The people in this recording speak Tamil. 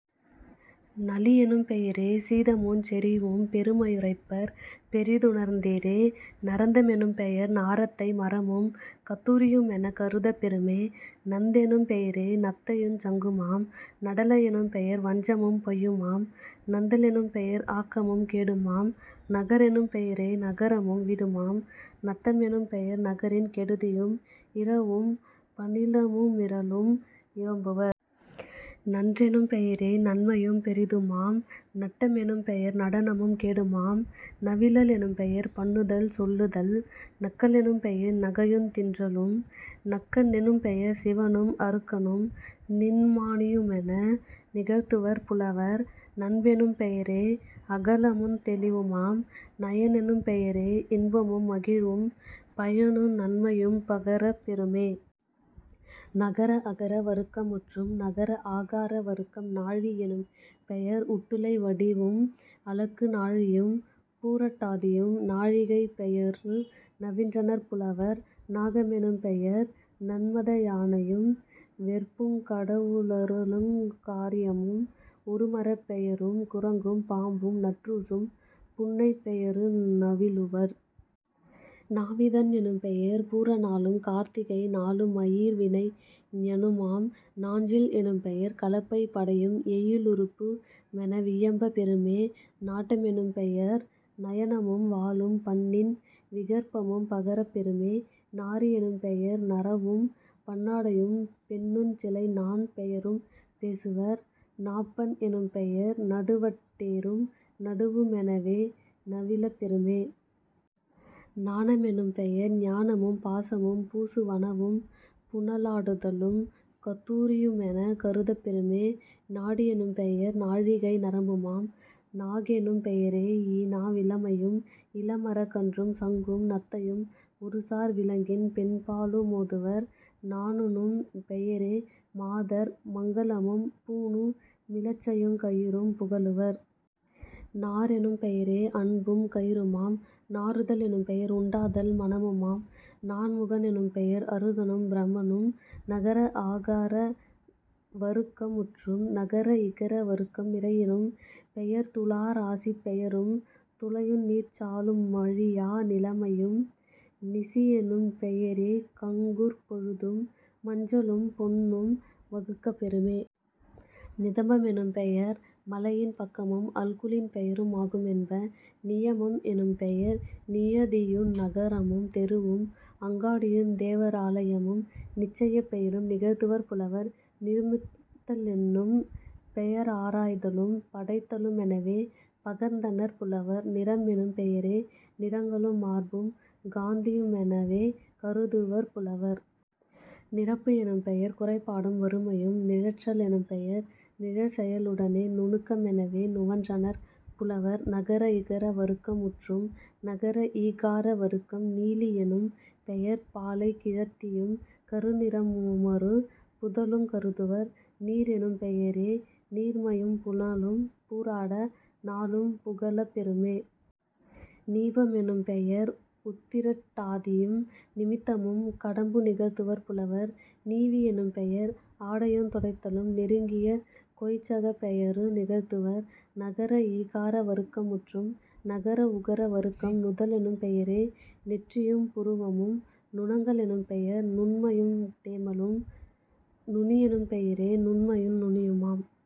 நளியெனும் பெயரே சீதமுஞ் செறிவும் பெருமையு முரைப்பர் பெரிது ணர்ந்தேரே..... நரந்த மெனும்பெயர் நாரத்தை மரமும் கத்தூ ரியுமெனக் கருதப் பெறுமே..... நந்தெனும் பெயரே நத்தையுஞ் சங்குமாம்..... நடலை யெனும்பெயர் வஞ்சமும் பொய்யுமாம்..... நந்த லெனும்பெயர் ஆக்கமும் கேடுமாம்..... நகரெனும் பெயரே நகரமும் வீடுமாம்..... நத்த மெனும்பெயர் நகரின் கெடுதியும் இரவும் பணிலமு மிருளும் இயம்புவர்..... நன்றெனும் பெயரே நன்மையும் பெரிதுமாம்..... நட்ட மெனும்பெயர் நடனமும் கேடுமாம்..... நவிலல் எனும்பெயர் பண்ணுதல் சொல்லுதல்..... நக்க லெனும்பெயர் நகையுந் தின்றலும்..... நக்க னெனும்பெயர் சிவனும் அருக்கனும் நின்மா ணியுமென நிகழ்த்துவர் புலவர்..... நன்பெனும் பெயரே அகலமுந் தெளிவுமாம்..... நயனெனும் பெயரே இன்பமும் மகிழ்வும் பயனு நன்மையும் பகரப் பெறுமே..... நகர அகர வருக்கம் முற்றும். நகர ஆகார வருக்கம் நாழி யெனும்பெயர் உட்டுளை வடிவும் அளக்கு நாழியும் பூரட் டாதியும் நாழிகைப் பெயரு நவின்றனர் புலவர்..... நாக மெனும்பெயர் நன்மத யானையும் வெற்புங் கடவுள ருலகுங் காரியமும் ஒருமரப் பெயரும் குரங்கும் பாம்பும் நற்றூசும் புன்னைப் பெயரு நவிலுவர்..... நாவிதன் எனும்பெயர் பூர நாளும் கார்த்திகை நாளு மயிர்வினை ஞனுமாம்..... நாஞ்சில் எனும்பெயர் கலப்பைப் படையும் எயிலு றுப்புமென வியம்பப் பெறுமே..... நாட்ட மெனும்பெயர் நயனமும் வாளும் பண்ணின் விகற்பமும் பகரப் பெறுமே..... நாரி யெனும்பெயர் நறவும் பன்னாடையும் பெண்ணுஞ் சிலைநாண் பெயரும் பேசுவர்..... நாப்பண் எனும்பெயர் நடுவட் டேரும் நடுவு மெனவே நவிலப் பெறுமே..... நான மெனும்பெயர் ஞானமும் பாசமும் பூசு வனவும் புனலா டுதலும் கத்தூ ரியுமெனக் கருதப் பெறுமே..... நாடி யெனும்பெயர் நாழிகை நரம்புமாம்..... நாகெனும் பெயரே யீனா விளமையும் இளமரக் கன்றும் சங்கும் நத்தையும் ஒருசார் விலங்கின் பெண்பாலு மோதுவர்..... நாணுனும் பெயரே மாதர் மங்கலமும் பூணு மிலச்சையுங் கயிறும் புகலுவர்..... நாரெனும் பெயரே அன்பும் கயிறுமாம்..... நாறுதல் எனும்பெயர் உண்டாதல் மணமுமாம்..... நான்முகன் எனும்பெயர் அருகனும் பிரமனும்..... நகர ஆகார வருக்கம் முற்றும். நகர இகர வருக்கம் நிறையெனும் பெயர்துலா ராசிப் பெயரும் துலையு நீர்ச்சாலு மழியா நிலைமையும்..... நிசியெனும் பெயரே கங்குற் பொழுதும் மஞ்சளும் பொன்னும் வகுக்கப் பெறுமே..... நிதம்ப மெனும்பெயர் மலையின் பக்கமும் அல்குலின் பெயரு மாகு மென்ப..... நியமம் எனும்பெயர் நியதியு நகரமும் தெருவும் அங்காடியுந் தேவரா லையமும் நிச்சயப் பெயரும் நிகழ்த்துவர் புலவர்.....। நிருமித்த லென்னும் பெயரா ராய்தலும் படைத்தலு மெனவே பகர்ந்தனர் புலவர்..... நிறமெனும் பெயரே நிறங்களு மார்பும் காந்தியு மெனவே கருதுவர் புலவர்..... நிரப்பு எனும்பெயர் குறைபாடும் வறுமையும்..... நிழற்ற லெனும்பெயர் நிழற்செய லுடனே நுணுக்க மெனவே நுவன்றனர் புலவர்..... நகர இகர வருக்கம் முற்றும். நகர ஈகார வருக்கம் நீலி யெனும்பெயர் பாலைக் கிழத்தியும் கருநிற முமொரு புதலுங் கருதுவர்..... நீரெனும் பெயரே நீர்மையும் புனலும் பூராட நாளும் புகலப் பெறுமே..... நீப மெனும்பெயர் உத்திரட் டாதியும் நிமித்தமும் கடம்பு நிகழ்த்துவர் புலவர்..... நீவி யெனும்பெயர் ஆடையுந் துடைத்தலும் நெருங்கிய கொய்சகப் பெயரு நிகழ்த்துவர்..... நகர ஈகார வருக்கம் முற்றும். நகர உகர வருக்கம் நுதலெனும் பெயரே நெற்றியும் புருவமும்..... நுணங்க லெனும்பெயர் நுண்மையுந் தேமலும்..... நுனியெனும் பெயரே நுண்மையும் நுனியுமாம்.